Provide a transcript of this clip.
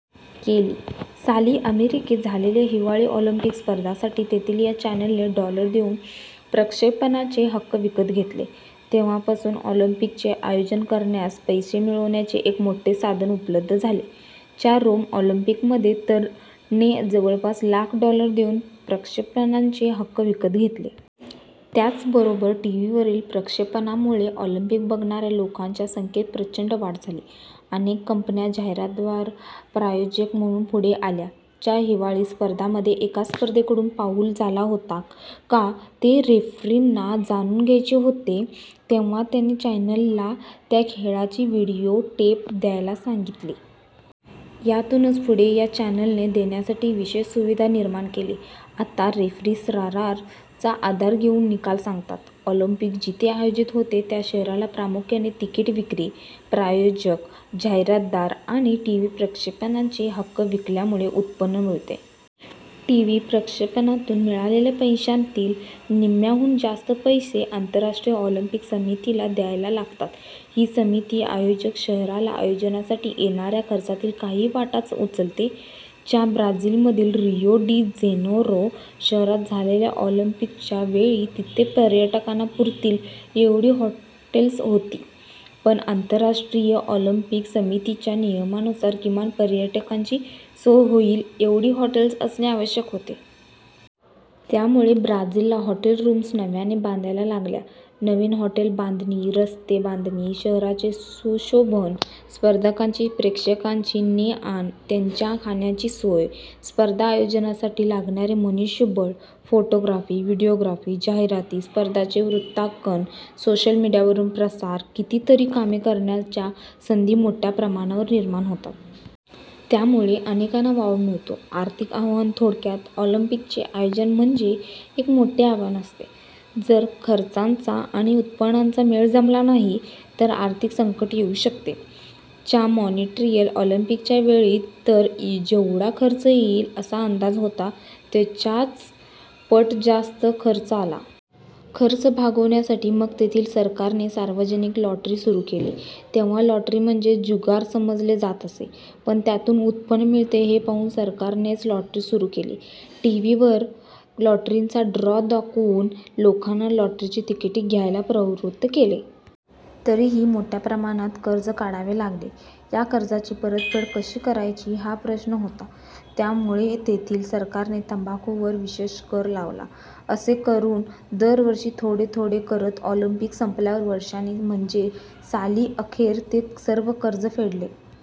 केली. साली अमेरिकेत झालेल्या हिवाळी ऑलिम्पिक स्पर्धांसाठी तेथील या चॅनलने डॉलर देऊन प्रक्षेपणाचे हक्क विकत घेतले. तेव्हापासून ऑलिम्पिकचे आयोजन करणाऱ्यास पैसे मिळवण्याचे एक मोठे साधन उपलब्ध झाले. च्या रोम ऑलिम्पिकमध्ये तर ने जवळपास लाख डॉलर देऊन प्रक्षेपणाचे हक्क विकत घेतले. त्याचबरोबर टीव्हीवरील प्रक्षेपणामुळे ऑलिम्पिक बघणाऱ्या लोकांच्या संख्येत प्रचंड वाढ झाली. अनेक कंपन्या जाहिरातदार/प्रायोजक म्हणून पुढे आल्या. च्या हिवाळी स्पर्धांमध्ये एका स्पर्धकाकडून फाऊल झाला होता का, ते रेफ्रींना जाणून घ्यायचे होते. तेव्हा त्यांनी चॅनलला त्या खेळाची व्हिडिओ टेप द्यायला सांगितली. यातूनच पुढे या चॅनलने देण्यासाठी विशेष सुविधा निर्माण केली. आता रेफ्री सर्रास चा आधार घेऊन निकाल सांगतात. ऑलिम्पिक जिथे आयोजित होते त्या शहराला प्रामुख्याने तिकीट विक्री, प्रायोजक, जाहिरातदार आणि टीव्ही प्रक्षेपणाचे हक्क विकल्यामुळे उत्पन्न मिळते. टीव्ही प्रक्षेपणातून मिळालेल्या पैशांतील निम्म्याहून जास्त पैसे आंतरराष्ट्रीय ऑलिम्पिक समितीला द्यायला लागतात. ही समिती, आयोजक शहराला आयोजनासाठी येणाऱ्या खर्चातील काही वाटा उचलते. च्या ब्राझीलमधील रियो डी जेनेरो शहरात झालेल्या ऑलिम्पिकच्या वेळी तिथे पर्यटकांना पुरतील एवढी हॉटेल्स होती, पण आंतरराष्ट्रीय ऑलिम्पिक समितीच्या नियमानुसार किमान पर्यटकांची सोय होईल एवढी हॉटेल्स असणे आवश्यक होते. त्यामुळे ब्राझीलला हॉटेल रूम्स नव्याने बांधायला लागल्या. नवीन हॉटेल बांधणी, रस्ते बांधणी, शहराचे सुशोभन, स्पर्धकांची, प्रेक्षकांची ने-आण, त्यांच्या खाण्याची सोय, स्पर्धा आयोजनासाठी लागणारे मनुष्यबळ, फोटोग्राफी, व्हिडिओग्राफी, जाहिराती, स्पर्धांचे वृत्तांकन, सोशल मीडियावरून प्रसार... कितीतरी कामे करण्याच्या संधी मोठ्या प्रमाणावर निर्माण होतात. त्यामुळे अनेकांना वाव मिळतो. आर्थिक आव्हान थोडक्यात, ऑलिम्पिकचे आयोजन म्हणजे एक मोठे आव्हान असते. जर खर्चाचा आणि उत्पन्नाचा मेळ जमला नाही तर आर्थिक संकट येऊ शकते. च्या मॉन्ट्रियल ऑलिम्पिकच्या वेळी तर जेवढा खर्च येईल असा अंदाज होता, त्याच्या पट जास्त खर्च आला. खर्च भागवण्यासाठी मग तेथील सरकारने सार्वजनिक लॉटरी सुरू केली. तेव्हा लॉटरी म्हणजे जुगार समजले जात असे, पण त्यातून उत्पन्न मिळते हे पाहून सरकारनेच लॉटरी सुरू केली. टीव्हीवर लॉटरीचा ड्रॉ दाखवून लोकांना लॉटरीची तिकिटे घ्यायला प्रवृत्त केले. तरीही मोठ्या प्रमाणात कर्ज काढावे लागले. या कर्जाची परतफेड कशी करायची हा प्रश्न होता. त्यामुळे तेथील सरकारने तंबाखूवर विशेष कर लावला. असे करून दर वर्षी थोडे-थोडे करत ऑलिम्पिक संपल्यावर वर्षांनी म्हणजे साली अखेर ते सर्व कर्ज फेडले.